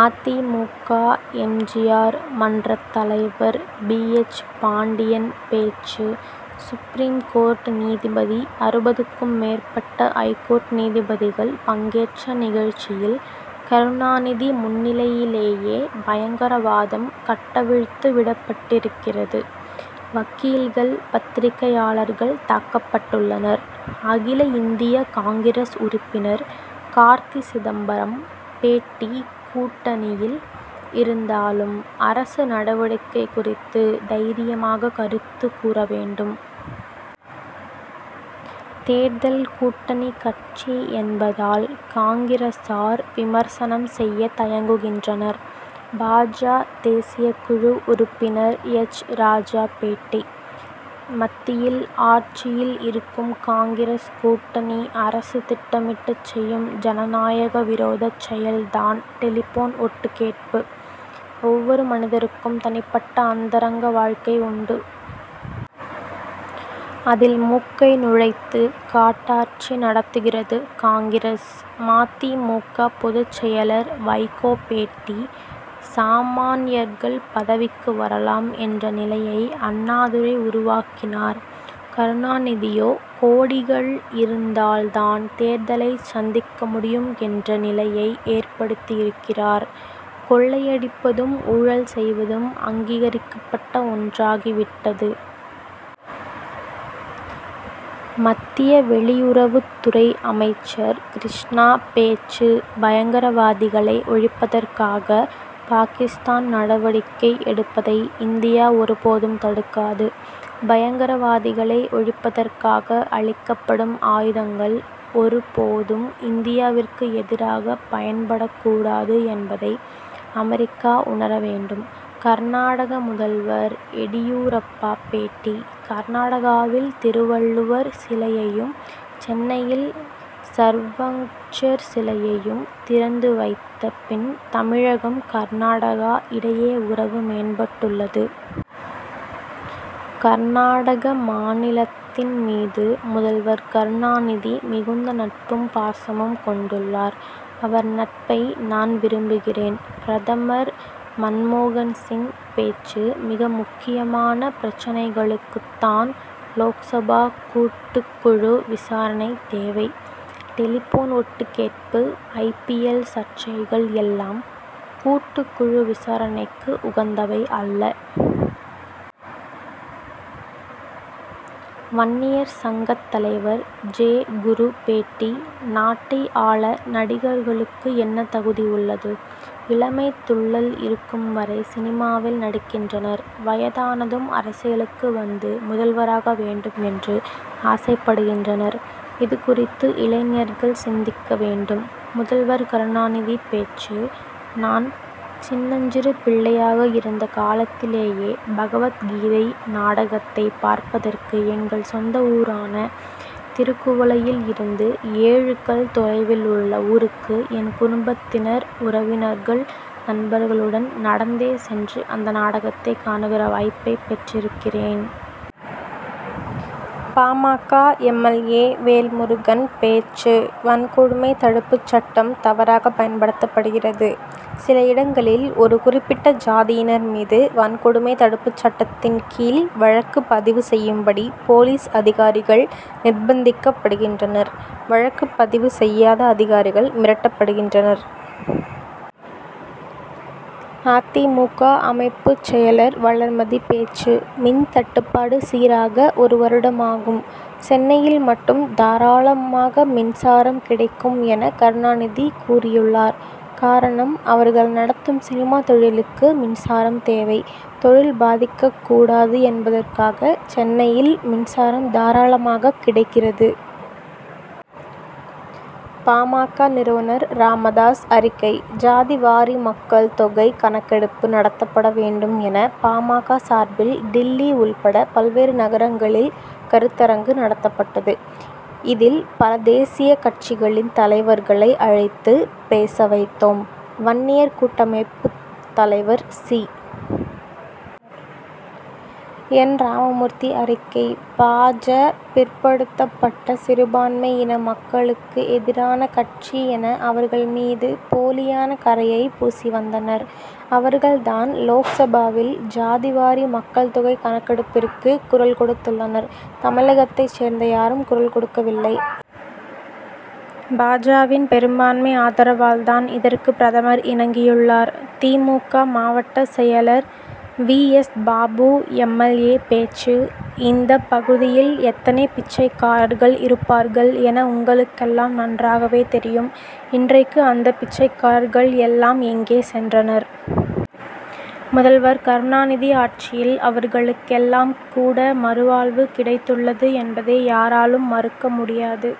அ. தி. மு. க. எம். ஜி. ஆர். மன்றத் தலைவர் பி. எச். பாண்டியன் பேச்சு சுப்ரீம் கோர்ட் நீதிபதி அறுபதுக்கும் மேற்பட்ட ஐகோர்ட் நீதிபதிகள் பங்கேற்ற நிகழ்ச்சியில் கருணாநிதி முன்னிலையிலேயே பயங்கரவாதம் கட்டவிழ்த்து விடப்பட்டிருக்கிறது. வக்கீல்கள் பத்திரிகையாளர்கள் தாக்கப்பட்டுள்ளனர். அகில இந்திய காங்கிரஸ் உறுப்பினர் கார்த்தி சிதம்பரம் பேட்டி கூட்டணியில் இருந்தாலும் அரசு நடவடிக்கை குறித்து தைரியமாக கருத்து கூறவேண்டும். தேர்தல் கூட்டணி கட்சி என்பதால் காங்கிரசார் விமர்சனம் செய்ய தயங்குகின்றனர். பா. ஜ. தேசியக்குழு உறுப்பினர் எச். ராஜா பேட்டி மத்தியில் ஆட்சியில் இருக்கும் காங்கிரஸ் கூட்டணி அரசு திட்டமிட்டுச் செய்யும் ஜனநாயக விரோதச் செயல் தான் டெலிபோன் ஒட்டுக்கேட்பு. ஒவ்வொரு மனிதருக்கும் தனிப்பட்ட அந்தரங்க வாழ்க்கை உண்டு. அதில் மூக்கை நுழைத்து காட்டாட்சி நடத்துகிறது காங்கிரஸ். ம. தி. மு. க. பொதுச் செயலர் வைகோ பேட்டி சாமான்யர்கள் பதவிக்கு வரலாம் என்ற நிலையை அண்ணாதுரை உருவாக்கினார். கருணாநிதியோ கோடிகள் இருந்தால் தான் தேர்தலைச் சந்திக்க முடியும் என்ற நிலையை ஏற்படுத்தியிருக்கிறார். கொள்ளையடிப்பதும் ஊழல் செய்வதும் அங்கீகரிக்கப்பட்ட ஒன்றாகி விட்டது. மத்திய வெளியுறவுத் துறை அமைச்சர் கிருஷ்ணா பேச்சு பயங்கரவாதிகளை ஒழிப்பதற்காக பாகிஸ்தான் நடவடிக்கை எடுப்பதை இந்தியா ஒரு போதும் தடுக்காது. பயங்கரவாதிகளை ஒழிப்பதற்காக அளிக்கப்படும் ஆயுதங்கள் ஒரு போதும் இந்தியாவிற்கு எதிராக பயன்படக்கூடாது என்பதை அமெரிக்கா உணர வேண்டும். கர்நாடக முதல்வர் எடியூரப்பா பேட்டி கர்நாடகாவில் திருவள்ளுவர் சிலையையும் சென்னையில் சர்வக்ஞர் சிலையையும் திறந்து வைத்த பின் தமிழகம் கர்நாடகம் இடையே உறவு மேம்பட்டுள்ளது. கர்நாடக மாநிலத்தின் மீது முதல்வர் கருணாநிதி மிகுந்த நட்பும் பாசமும் கொண்டுள்ளார். அவர் நட்பை நான் விரும்புகிறேன். பிரதமர் மன்மோகன் சிங் பேச்சு மிக முக்கியமான பிரச்னைகளுக்குத்தான் லோக்சபா கூட்டுக் குழு விசாரணை தேவை. டெலிபோன் ஒட்டுக் கேட்பு ஐ. பி. எல். சர்ச்சைகள் எல்லாம் கூட்டுக் குழு விசாரணைக்கு உகந்தவை அல்ல. வன்னியர் சங்கத் தலைவர் ஜெ. குரு பேட்டி நாட்டை ஆள நடிகர்களுக்கு என்ன தகுதி உள்ளது? இளமைத் துள்ளல் இருக்கும் வரை சினிமாவில் நடிக்கின்றனர். வயதானதும் அரசியலுக்கு வந்து முதல்வராக வேண்டும் என்று ஆசைப்படுகின்றனர். இது குறித்து இளைஞர்கள் சிந்திக்க வேண்டும். முதல்வர் கருணாநிதி பேச்சு நான் சின்னஞ்சிறு பிள்ளையாக இருந்த காலத்திலேயே பகவத் கீதை நாடகத்தை பார்ப்பதற்கு எங்கள் சொந்த ஊரான திருக்குவளையில் இருந்து ஏழு கல் தொலைவில் உள்ள ஊருக்கு என் குடும்பத்தினர் உறவினர்கள் நண்பர்களுடன் நடந்தே சென்று அந்த நாடகத்தை காணுகிற வாய்ப்பைப் பெற்றிருக்கிறோம். பா. ம. க. எம். எல். ஏ. வேல்முருகன் பேச்சு வன்கொடுமை தடுப்புச் சட்டம் தவறாக பயன்படுத்தப்படுகிறது. சில இடங்களில் ஒரு குறிப்பிட்ட ஜாதியினர் மீது வன்கொடுமை தடுப்பு சட்டத்தின் கீழ் வழக்கு பதிவு செய்யும்படி போலீஸ் அதிகாரிகள் நிர்பந்திக்கப்படுகின்றனர். வழக்கு பதிவு செய்யாத அதிகாரிகள் மிரட்டப்படுகின்றனர். அ. தி. மு. க. அமைப்புச் செயலர் வளர்மதி பேச்சு மின் தட்டுப்பாடு சீராக ஒரு வருடமாகும் சென்னையில் மட்டும் தாராளமாக மின்சாரம் கிடைக்கும் என கருணாநிதி கூறியுள்ளார். காரணம் அவர்கள் நடத்தும் சினிமா தொழிலுக்கு மின்சாரம் தேவை. தொழில் பாதிக்கக்கூடாது என்பதற்காக சென்னையில் மின்சாரம் தாராளமாகக் கிடைக்கிறது. பா. ம. க. நிறுவனர் ராமதாஸ் அறிக்கை ஜாதி வாரி மக்கள் தொகை கணக்கெடுப்பு நடத்தப்பட வேண்டும் என பா. ம. க. சார்பில் டில்லி உட்பட பல்வேறு நகரங்களில் கருத்தரங்கு நடத்தப்பட்டது. இதில் பல தேசிய கட்சிகளின் தலைவர்களை அழைத்து பேச வைத்தோம். வன்னியர் கூட்டமைப்புத் தலைவர் சி. என். ராமமூர்த்தி அறிக்கை பா. ஜ. பிற்படுத்தப்பட்ட சிறுபான்மை இன மக்களுக்கு எதிரான கட்சி என அவர்கள் மீது போலியான கறையை பூசி வந்தனர். அவர்கள் தான் லோக்சபாவில் ஜாதி வாரி மக்கள் தொகை கணக்கெடுப்பிற்கு குரல் கொடுத்துள்ளனர். தமிழகத்தைச் சேர்ந்த யாரும் குரல் கொடுக்கவில்லை. பா. ஜ.வின் பெரும்பான்மை ஆதரவால் தான் இதற்கு பிரதமர் இணங்கியுள்ளார். தி. மு. க. மாவட்ட செயலர் V. S. Babu M. L. A. பேச்சு இந்தப் பகுதியில் எத்தனை பிச்சைக்காரர்கள் இருப்பார்கள் என உங்களுக்கெல்லாம் நன்றாகவே தெரியும். இன்றைக்கு அந்த பிச்சைக்காரர்கள் எல்லாம் எங்கே சென்றனர். முதல்வர் கருணாநிதி ஆட்சியில் அவர்களுக்கெல்லாம் கூட மறுவாழ்வு கிடைத்துள்ளது என்பதை யாராலும் மறுக்க முடியாது.